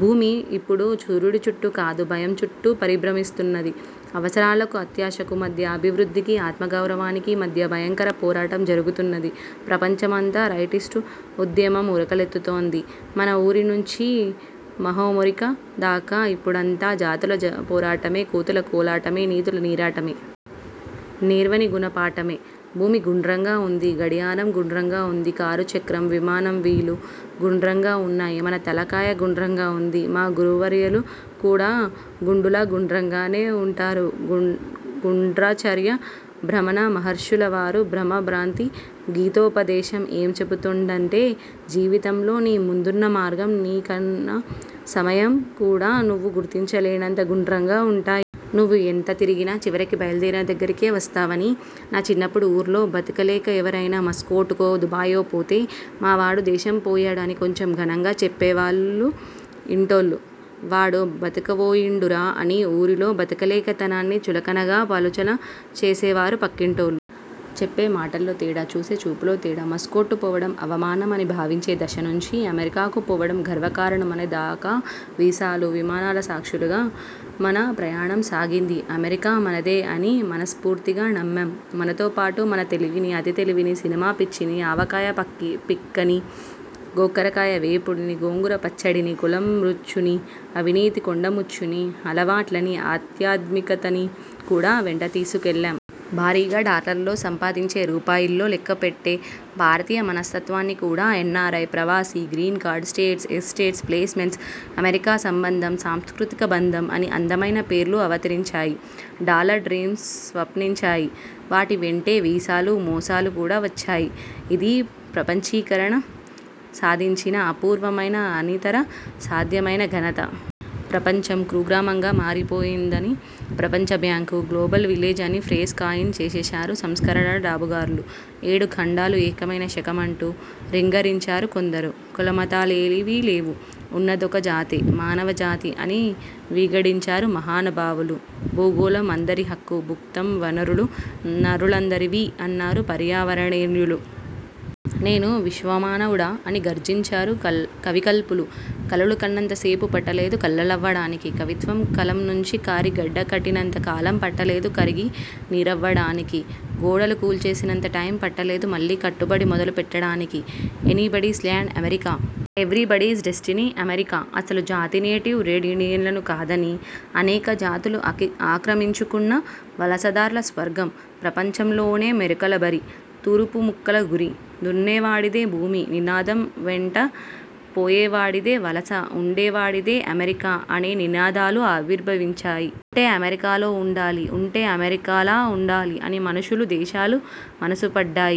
భూమి ఇప్పుడు సూర్యుడి చుట్టూ కాదు, భయం చుట్టూ పరిభ్రమిస్తున్నది. అవసరాలకు అత్యాశకు మధ్య, అభివృద్ధికి ఆత్మగౌరవానికి మధ్య భయంకర పోరాటం జరుగుతున్నది. ప్రపంచమంతా రైటిస్టు ఉద్యమం ఉరకలెత్తుతోంది. మన ఊరి నుంచి మహామెరికా దాకా ఇప్పుడంతటా జాతుల పోరాటమే! కోతుల కోలాటమే! నీతుల నీరాటమే! నేర్వని గుణ పాఠమే! భూమి గుండ్రంగా ఉంది. గడియారం గుండ్రంగా ఉంది. కారు చక్రం, విమానం వీల్ గుండ్రంగా ఉన్నాయి. మన తలకాయ గుండ్రంగా ఉంది. మా గురువర్యులు కూడా గుండులా గుండ్రంగానే ఉంటారు. గుండ్రాచార్య భ్రమణ మహర్షుల వారి భ్రమా భ్రాంతి గీతోపదేశం ఏం చెబుతుందంటే జీవితంలో నీ ముందున్న మార్గం, నీకున్న సమయం కూడా నువ్వు గుర్తించలేనంత గుండ్రంగా ఉంటాయి. నువ్వు ఎంత తిరిగినా, చివరికి బయల్దేరిన దగ్గరికే వస్తావని! నా చిన్నప్పుడు ఊర్లో బతకలేక ఎవరైనా మస్కటో, దుబాయో పోతే 'మా వాడు దేశం పోయాడు' అని కొంచెం ఘనంగా చెప్పేవాళ్లు ఇంటోళ్లు. 'వాడు బతకవోయిండురా' అని ఊరిలో బతకలేని తనాన్ని చులకనగా పలుచన చేసేవారు పక్కింటోళ్లు! చెప్పే మాటలో తేడా. చూసే చూపులో తేడా! మస్కట్కు పోవడం అవమానం అని భావించే దశ నుంచి, అమెరికాకు పోవడం గర్వకారణం అనే దాకా వీసాలు, విమానాల సాక్షిగా మన ప్రయాణం సాగింది. అమెరికా మనదే అని మనస్ఫూర్తిగా నమ్మాం. మనతో పాటు మన తెలివినీ, అతి తెలివినీ, సినిమా పిచ్చినీ, ఆవకాయ పతి పిక్కనీ, గోకరకాయ వేపుడునీ, గోంగూర పచ్చడినీ, కులం రొచ్చునీ, అవినీతి కొండముచ్చునీ, అలవాట్లనీ, ఆధ్మాత్మికతనీ కూడా వెంట తీసుకువెళ్లాం. భారీగా డాలర్లలో సంపాదించి రూపాయల్లో లెక్కపెట్టే భారతీయ మనస్తత్వాన్ని కూడా! ఎన్నారై, ప్రవాసీ, green card, states, estates, placements, America సంబంధం, సాంస్కృతిక బంధం అని అందమైన పేర్లు అవతరించాయి. Dollar dreams స్వప్నించాయి. వాటి వెంటే వీసాలు, మోసాలు కూడా వచ్చాయి. ఇదీ ప్రపంచీకరణ సాధించిన అపూర్వమైన, అనితర సాధ్యమైన ఘనత! ప్రపంచం కుగ్రామంగా మారిపోయిందన్నది ప్రపంచ బ్యాంకు. గ్లోబల్ విలేజ్ అని ఫ్రేజ్ కాయిన్ చేసేశారు సంస్కరణల డాబుగార్లు. ఏడు ఖండాలూ ఏకమైన శకమంటూ రింగరించారు కొందరు. కులమతాలేమీ లేవు, ఉన్నదొక్క జాతే. మానవ జాతి అని వింగడించారు మహానుభావులు భూగోళం అందరి హక్కు భుక్తం, వనరులు నరులందరివీ అన్నారు పర్యావరేణ్యులు. 'నేను విశ్వ మానవుడ' అని గర్జించారు కవికల్పులు! కలలు కన్నంత సేపు పట్టలేదు కల్లలవడానికి! కవిత్వం కలం నుంచి కారి గడ్డ కట్టినంత కాలం పట్టలేదు, కరిగి నీరవ్వడానికి! గోడలు కూల్చేసినంత టైం పట్టలేదు, మళ్లీ కట్టుబడి మొదలు పెట్టడానికి! Anybody's land America! Everybody's destiny America! అసలు జాతి నేటివ్ రెడ్ ఇండియన్లను కాదని, అనేక జాతులు ఆక్రమించుకున్న వలస దార్ల స్వర్గం! ప్రపంచంలోని మెరికల బరి! తురుపు ముక్కల గురి! దున్నేవాడిదే భూమి నినాదం వెంటే పోయేవాడిదే వలస ఉండే వాడిదే అమెరికా అనే నినాదాలూ ఆవిర్భవించాయి. 'ఉంటే అమెరికాలో ఉండాలి. ఉంటే అమెరికాలా ఉండాలి'అని మనుషులు, దేశాలు మనసు పడ్డాయి.